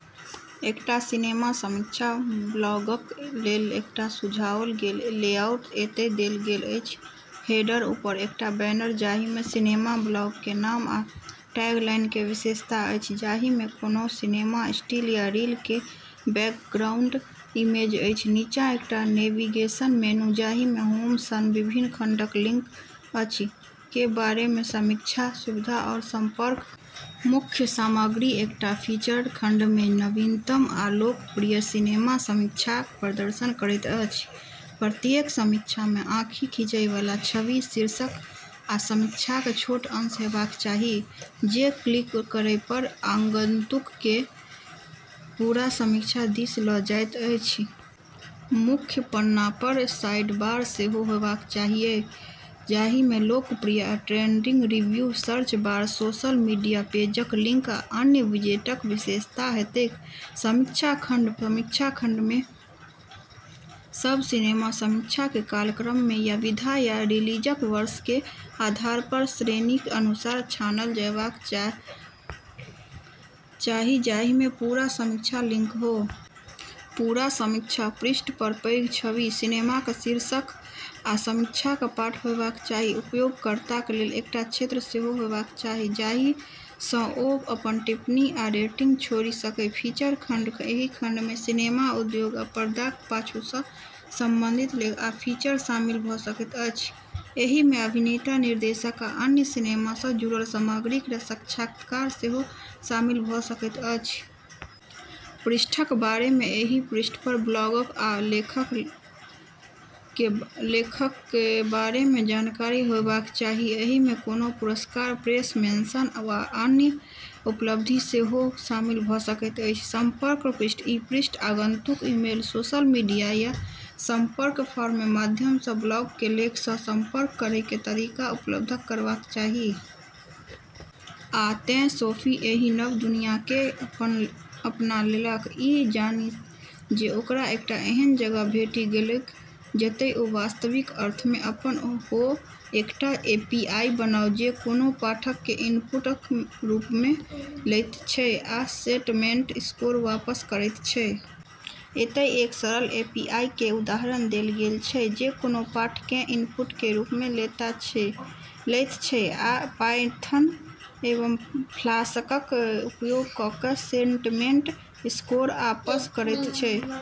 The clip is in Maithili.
एकटा सिनेमा समीक्षा ब्लॉगक लेल एकटा सुझाओल गेल लेआउट एतय देल गेल अछि: हेडर: ऊपर एकटा बैनर जाहिमे सिनेमा ब्लॉग के नाम आ टैगलाइन के विशेषता अछि, जाहिमे कोनो सिनेमा स्टिल या रील के बैकग्राउंड इमेज अछि नीचा एकटा नेविगेशन मेनू, जाहिमे होम सन विभिन्न खंडक लिंक अछि, के बारेमे, समीक्षा, सुविधा, और संपर्क। मुख्य सामग्री: एकटा फीचर्ड खंड जे नवीनतम आ लोकप्रिय सिनेमा समीक्षाक प्रदर्शन करैत अछि प्रत्येक समीक्षामे आँखि खींचयवला छवि, शीर्षक, आ समीक्षाक छोट अंश हेबाक चाही, जे क्लिक करयपर आगंतुककेँ पूरा समीक्षा दिस ल' जाइत अछि. मुख्य पन्नापर साइडबार सेहो होयबाक चाहियै, जाहिमे लोकप्रिय या trending review, search bar, social media पेजक लिंक, आ अन्य विजेटक विशेषता हेतैक। समीक्षा खंड: समीक्षा खंडमे सब सिनेमा समीक्षाके कालक्रममे या विधा या रिलीजक वर्षके आधारपर श्रेणीक अनुसार छानल जयबाक चाही प्रत्येक समीक्षाक लेआउट समान होयबाक चाही, जाहिमे छवि, शीर्षक, आ एकटा अंश होयबाक चाही जाहिमे पूरा समीक्षाक लिंक हो। पूरा समीक्षा पृष्ठपर पैघ छवि, सिनेमाक शीर्षक, आ समीक्षाक पाठ होयबाक चाही। उपयोगकर्ताक लेल एकटा क्षेत्र सेहो होयबाक चाही जाहिसँ ओ अपन टिप्पणी आ रेटिंग छोड़ि सकय। फीचर खंड: एहि खंडमे सिनेमा उद्योग आ पर्दाक पाछुसँ संबंधित लेख आ फीचर शामिल भ' सकैत अछि एहिमे अभिनेता, निर्देशक, आ अन्य सिनेमा सँ जुड़ल सामग्रीक साक्षात्कार सेहो शामिल भ' सकैत अछि। पृष्ठक बारेमे: एहि पृष्ठपर ब्लॉग आ लेखक (लेखक) के बारेमे जानकारी होयबाक चाही। एहिमे कोनो पुरस्कार, प्रेस मेन्शन, वा अन्य उपलब्धि सेहो शामिल भ' सकैत अछि। संपर्क पृष्ठ: ई पृष्ठ आगंतुकक ईमेल, सोशल मीडिया, या संपर्क फॉर्म के माध्यमसँ ब्लॉगके लेखकसँ संपर्क करयके तरीका उपलब्ध करयबाक चाही। आ तेँ सोफी एहि नव दुनियाँकेँ अपना लेलक, ई जानि जे ओकरा एकटा एहन जगह भेटि गेलैक जतय ओ वास्तविक अर्थमे अपन हो। एकटा एपीआई बनाउ जे कोनो पाठकेँ इनपुटक रूपमे लैत छै आ सेंटमेंट स्कोर वापस करैत छै। एतय एक सरल एपीआई के उदाहरण देल गेल छै जे कोनो पाठकेँ इनपुटके रूपमे लैत छै आ पायथन एवं फ्लास्कक उपयोग क' क' सेंटमेंट स्कोर आपस करैत छै।